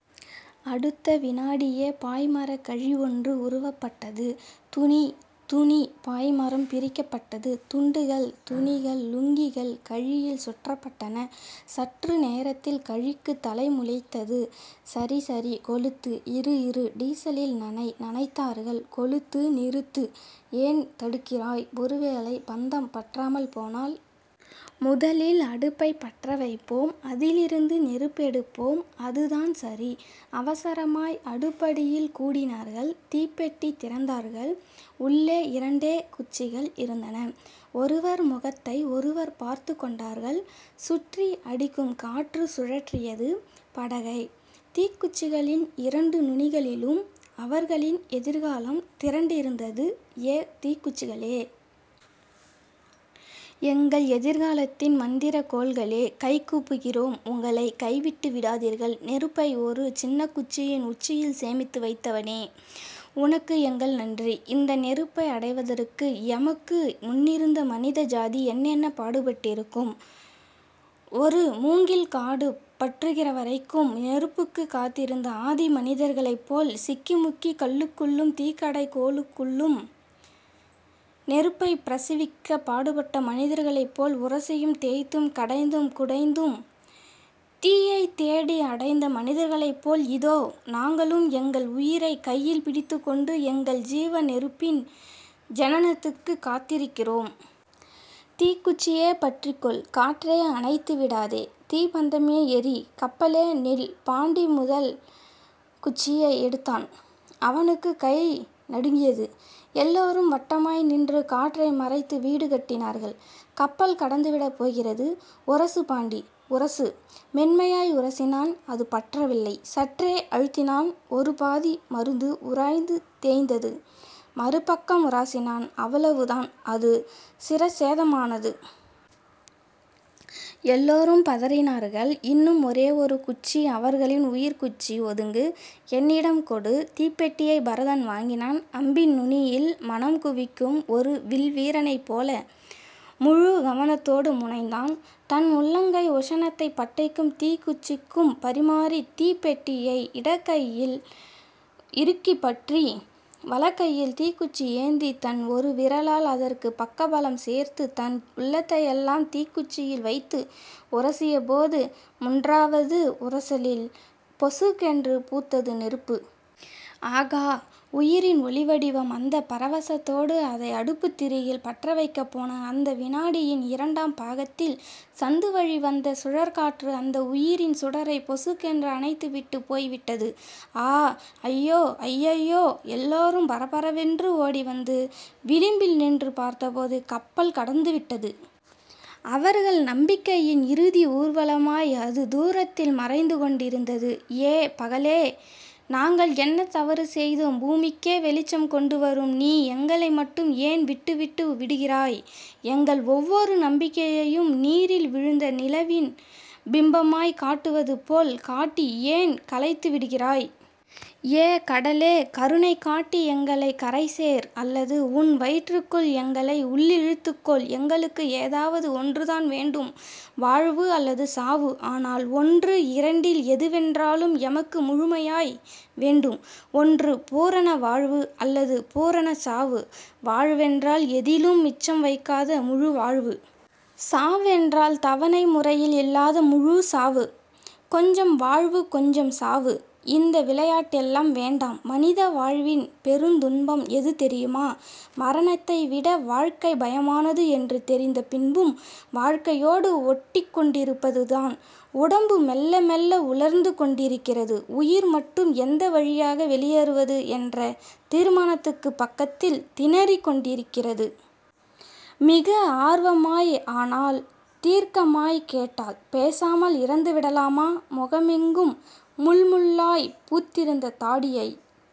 அடுத்த விநாடியே பாய்மரக்கழி ஒன்று உருவப்பட்டது. துணி. துணி. பாய்மரம் பிரிக்கப்பட்டது. துண்டுகள் துணிகள் லுங்கிகள் கழியில் சுற்றப்பட்டன. சற்று நேரத்தில் கழிக்குத் தலை முளைத்தது. சரி... சரி. கொளுத்து. இரு... இரு. டீசலில் நனை. நனைத்தார்கள். கொளுத்து. நிறுத்து. ஏன் தடுக்கிறாய்? ஒருவேளை பந்தம் பற்றாமல் போனால்..? முதலில் அடுப்பைப் பற்றவைப்போம். அதிலிருந்து நெருப்பெடுப்போம். அதுதான் சரி. அவசரமாய் அடுப்படியில் கூடினார்கள். தீப்பெட்டி திறந்தார்கள். உள்ளே இரண்டே குச்சிகள் இருந்தன. ஒருவர் முகத்தை ஒருவர் பார்த்துக் கொண்டார்கள். சுற்றி அடிக்கும் காற்று சுழற்றியது படகை. தீக்குச்சிகளின் இரண்டு நுனிகளிலும் அவர்களின் எதிர்காலம் திரண்டிருந்தது ஏ தீக்குச்சிகளே. எங்கள் எதிர்காலத்தின் மந்திரக்கோல்களே. கைகூப்புகிறோம் உங்களை, கைவிட்டு விடாதீர்கள். நெருப்பை ஒரு சின்னக்குச்சியின் உச்சியில் சேமித்து வைத்தவனே. உனக்கு எங்கள் நன்றி. இந்த நெருப்பை அடைவதற்கு எமக்கு முன்னிருந்த மனிதஜாதி என்னென்ன பாடுபட்டிருக்கும்? ஒரு முங்கில்காடு பற்றுகிறவரைக்கும் நெருப்புக்குக் காத்திருந்த ஆதிமனிதர்களைப் போல் சிக்கிமுக்கிக் கல்லுக்குள்ளும் தீக்கடைகோலுக்குள்ளும் நெருப்பைப் பிரசிவிக்கப் பாடுபட்ட மனிதர்களைப் போல் உரசியும் தேய்த்தும் கடைந்தும் குடைந்தும் தீயைத்தேடி அடைந்த மனிதர்களைப்போல் இதோ நாங்களும் எங்கள் உயிரைக் கையில் பிடித்துக் கொண்டு, எங்கள் ஜீவநெருப்பின் ஜனனத்துக்குக் காத்திருக்கிறோம். தீக்குச்சியே பற்றிக்கொள். காற்றே அணைத்துவிடாதே. தீப்பந்தமே எரி. கப்பலே நில். பாண்டி முதல் குச்சியை எடுத்தான், அவனுக்குக் கை நடுங்கியது. எல்லோரும் வட்டமாய் நின்று காற்றை மறைத்து வீடு கட்டினார்கள். கப்பல் கடந்துவிடப்போகிறது.. உரசு பாண்டி. உரசு. மென்மையாய் உரசினான். அது பற்றவில்லை. சற்றே அழுத்தினான், ஒரு பாதி மருந்து உராய்ந்து தேய்ந்தது, மறுபக்கம் உரசினான், அவ்வளவுதான், அது சிரச்சேதமானது. எல்லோரும் பதறினார்கள். இன்னும் ஒரே ஒரு குச்சி.. அவர்களின் உயிர்க்குச்சி. ஒதுங்கு. என்னிடம் கொடு தீப்பெட்டியைப் பரதன் வாங்கினான். அம்பின் நுனியில் மனம் குவிக்கும் ஒரு வில்வீரனைப்போல முழு கவனத்தோடு முனைந்தான். தன் உள்ளங்கை உஷணத்தைப் பட்டைக்கும் தீக்குச்சிக்கும் பரிமாறித் தீப்பெட்டியை இடக்கையில் இறுக்கிப் பற்றி, வலக்கையில் தீக்குச்சி ஏந்தித் தன் ஒரு விரலால் அதற்குப் பக்கபலம் சேர்த்துத் தன் உள்ளத்தையெல்லாம் தீக்குச்சியில் வைத்து உரசியபோது முன்றாவது உரசலில் பொசுக்கென்று பூத்தது நெருப்பு. ஆகா. உயிரின் ஒளிவடிவம். அந்தப் பரவசத்தோடு அதை அடுப்புத் திரியில் பற்றவைக்கப் போன அந்த விநாடியின் இரண்டாம் பாகத்தில், சந்துவழி வந்த சுழற்காற்று அந்த உயிரின் சுடரைப் பொசுக்கென்று அணைத்துவிட்டுப் போய்விட்டது. ஆ. அய்யோ. அய்யய்யோ. எல்லோரும் பரபரவென்று ஒடிவந்து விளிம்பில் நின்று பார்த்தபோது கப்பல் கடந்துவிட்டது. அவர்கள் நம்பிக்கையின் இறுதி ஊர்வலமாய் அது தூரத்தில் மறைந்துகொண்டிருந்தது. ஏ பகலே. நாங்கள் என்ன தவறு செய்தோம்? பூமிக்கே வெளிச்சம் கொண்டுவரும் நீ, எங்களை மட்டும் ஏன் விட்டுவிட்டு விடிகிறாய்? எங்கள் ஒவ்வொரு நம்பிக்கையையும் நீரில் விழுந்த நிலவின் பிம்பமாய்க் காட்டுவதுபோல் காட்டி ஏன் கலைத்துவிடுகிறாய்? ஏ கடலே. கருணை காட்டி எங்களைக் கரைசேர்... அல்லது உன் வயிற்றுக்குள் எங்களை உள்ளிழுத்துக்கொள். எங்களுக்கு ஏதாவது ஒன்றுதான் வேண்டும் வாழ்வு அல்லது சாவு. ஆனால் ஒன்று இரண்டில் எதுவென்றாலும், எமக்கு முழுமையாய் வேண்டும். ஒன்று பூரண வாழ்வு அல்லது பூரணச் சாவு. வாழ்வென்றால் எதிலும் மிச்சம் வைக்காத முழுவாழ்வு. சாவென்றால் தவணை முறையில் இல்லாத முழுச்சாவு. கொஞ்சம் வாழ்வு கொஞ்சம் சாவு... இந்த விளையாட்டெல்லாம் வேண்டாம். மனித வாழ்வின் பெருந்துன்பம் எது தெரியுமா? மரணத்தைவிட வாழ்க்கை பயமானது என்று தெரிந்த பின்பும், வாழ்க்கையோடு ஒட்டிக்கொண்டிருப்பதுதான். உடம்பு மெல்ல மெல்ல உலர்ந்து கொண்டிருக்கிறது. உயிர் மட்டும் எந்த வழியாக வெளியேறுவது என்ற தீர்மானத்துக்குப் பக்கத்தில் திணறிக் கொண்டிருக்கிறது. மிக ஆர்வமாய் ஆனால், தீர்க்கமாய்க் கேட்டாள் பேசாமல் இறந்துவிடலாமா? முகமெங்கும் முள்முள்ளாய்ப் பூத்திருந்த தாடியைத்